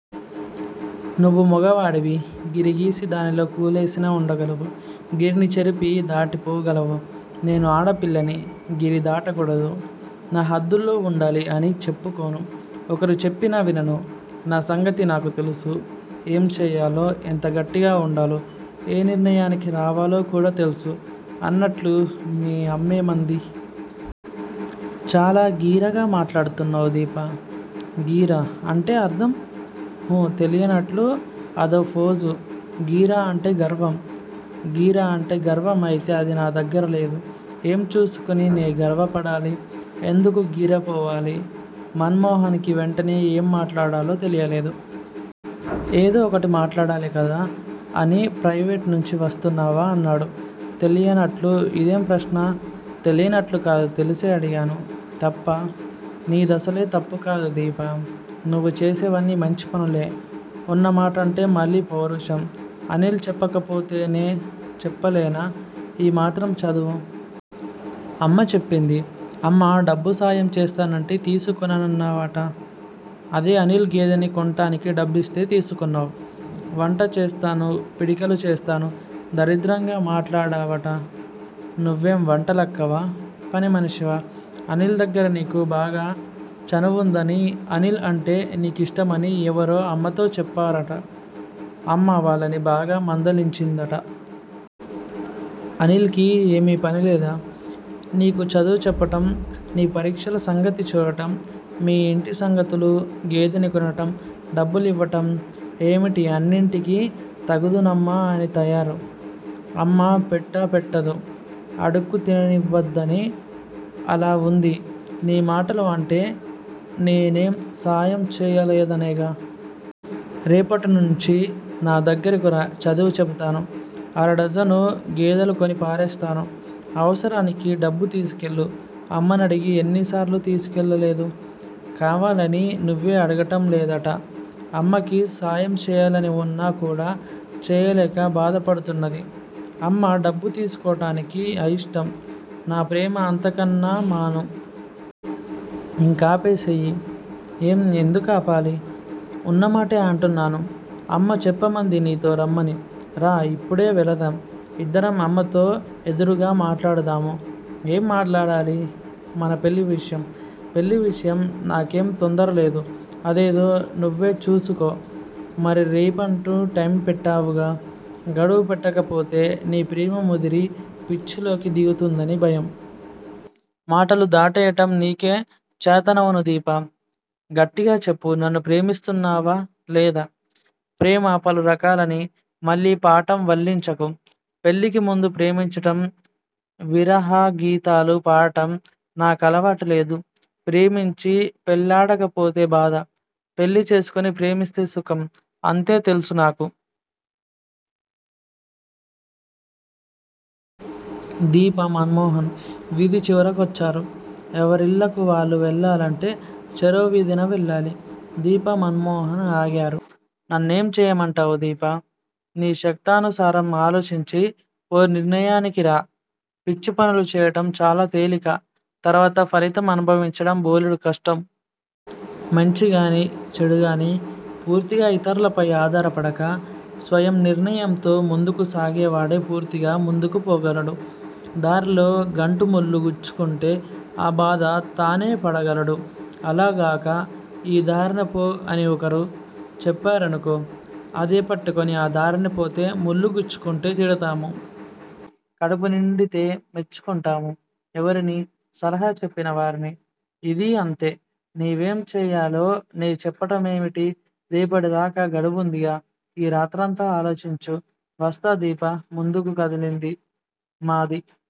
నువ్వు మగవాడివి, గిరిగీసి దానిలో కూలేసినా ఉండగలవు. గిరిని చెరిపి దాటి పోగలవు నేను ఆడ పిల్లని గిరి దాటకూడదు, నా హద్దుల్లో వుండాలి అని చెప్పుకోను. ఒకరు చెప్పినా వినను. నా సంగతి నాకు తెలుసు. ఏం చేయాలో, ఎంత గట్టిగా వుండాలో, ఏం నిర్ణయానికి రావాలో కూడా తెల్సు, అన్నట్లు మీ అమ్మేమంది? చాలా గీరగా మాట్లాడుతున్నావ్ దీపా! గీర! అంటే అర్ధం? ఊ. తెలియనట్లు అదో ఫోజు, గీర అంటే గర్వం. గీర అంటే గర్వం అయితే అది నా దగ్గర లేదు. ఏం చూసుకుని నే గర్వపడాలి. ఎందుకు గీర పోవాలి? మన్ మోహన్ కి వెంటనే ఏం మాట్లాడాలో తెలియలేదు. ఏదో ఒకటి మాట్లాడాలి కదా అని ప్రయివేట్ నుంచి వస్తున్నావా? అన్నాడు. తెలియనట్లు ఇదేం ప్రశ్న. తెలియనట్లు కాదు తెలిసే అడిగాను. తప్పా! నీదసలే తప్పు కాదు దీపా! నువ్వు చేసేవన్ని మంచిపనులే, ఉన్న మాటంటే మళ్ళీ పౌరుషం. అనిల్ చెప్పకపోతే నే చెప్పలేనా ఈ మాత్రం చదువు! అమ్మ చెప్పింది. అమ్మ డబ్బు సాయం చేస్తానంటే తీసుకోనన్నావట. అదే అనిల్ గేదెని కొంటానికి డబ్బిస్తే తీసుకున్నావ్. వంటచేస్తాను, పిడకలు చేస్తాను, దరిద్రంగా మాట్లాడావుట. నువ్వేం వంటలక్కవా? పనిమనిషివా? అనిల్ దగ్గర నీకు బాగా చనువుందని, అనిల్ అంటే నీకిష్టమని ఎవరో అమ్మతో చెప్పారుట. అమ్మ వాళ్ళని బాగా మందలించిందట. అనిల్ కి ఏమీ పనిలేదా. నీకు చదువు చెప్పటం, నీ పరీక్షల సంగతి చూడటం, మీ ఇంటి సంగతులు? గేదెని కొనటం, డబ్బులివ్వటం, ఏమిటి అన్నింటికి తగుదునమ్మా అని తయారు. అమ్మా పెట్టాపెట్టదు. అడుక్కు తినానివ్వదని అలా వుంది నీ మాటలు అంటే నేనం సాయం చేయలేదనేగా? రేపటినుంచి నా దగ్గరకు రా చదువు చెపుతాను, అరడజను గేదలు కొని పారేస్తాను. అవసరానికి డబ్బు తీసుకెళ్ళు అమ్మనడిగి ఎన్నిసార్లు తీసుకెళ్ళలేదు! కావాలని నువ్వే అడగటం లేదట అమ్మకి సాయం చేయాలని వున్నా కూడ చేయలేక బాధ పడుతున్నది. అమ్మ డబ్బు తీసుకోటానికి అయిష్టం. నా ప్రేమ అంతకన్నా మనూ! ఇంకాపేసెయ్యి. ఏం, ఎందుకాపాలి! ఉన్నమాటే అంటున్నాను. అమ్మ చెప్పమంది నీతో రమ్మని. రా ఇప్పుడే వెళదాం. ఇద్దరం అమ్మతో ఎదురుగా మాట్లాడుదాము. ఏం మాట్లాడాలి? మన పెళ్ళి విషయం. పెళ్ళి విషయం నాకేం తొందరలేదు. అదేదో నువ్వే చూసుకో. మరి రేపంటూ టైమ్ పెట్టావుగా? గడువు పెట్టకపోతే నీ ప్రేమ ముదిరి పిచ్చిలోకి దిగుతుందని భయం. మాటలు దాటేయటం నీకే చాతనవును దీపా! గట్టిగా చెప్పు నన్ను ప్రేమిస్తున్నావా లేదా? ప్రేమ పలురకాలని మళ్ళీ పాఠం వల్లించకు. పెళ్ళికి ముందు ప్రేమించటం, విరహగీతాలు పాడటం నా కలవాటు లేదు. ప్రేమించి పెళ్ళాడకపోతే బాధ. పెళ్ళి చేసుకుని ప్రేమిస్తే సుఖం. అంతే తెల్సు నాకు. దీప, మన్ మోహన్ వీధి చివరి కొచ్చారు. ఎవరిళ్ళకు వారు వెళ్ళాలంటే చెరో వీధినా వెళ్ళాలి. దీప, మన్ మోహన్ ఆగారు. నన్నేం చేయమంటావ్ దీపా! నీ శక్తానుసారం ఆలోచించి ఓ నిర్ణయానికిరా. పిచ్చి పనులు చేయటం చాలా తేలిక తర్వాత ఫలితం అనుభవించటం బోలెడు కష్టం. మంచిగాని చెడుగాని పూర్తిగా ఇతర్లపై ఆధారపడక స్వయం నిర్ణయంతో ముందుకు సాగేవాడే పూర్తిగా ముందుకు పోగలడు. దారిలో గంటు ముళ్లు గుచ్చుకుంటే ఆ బాధ తానే పడగలడు. అలా గాక ఈ దారిన పో అని ఒకరు చెప్పారనుకో, అదే పట్టుకుని ఆ దారినపోతే ముళ్ళు గుచ్చుకుంటే తిడతాము. కడుపునిండితే మెచ్చుకుంటాము. ఎవరిని! సలహా చెప్పిన వారిని. ఇదీ అంతే, నీవేం చేయాలో నే చెప్పటమేమిటి? రేపటిదాకా గడువుందిగా ఈ రాత్రంతా ఆలోచించు. వస్తా దీప ముందుకు కదిలింది. మాది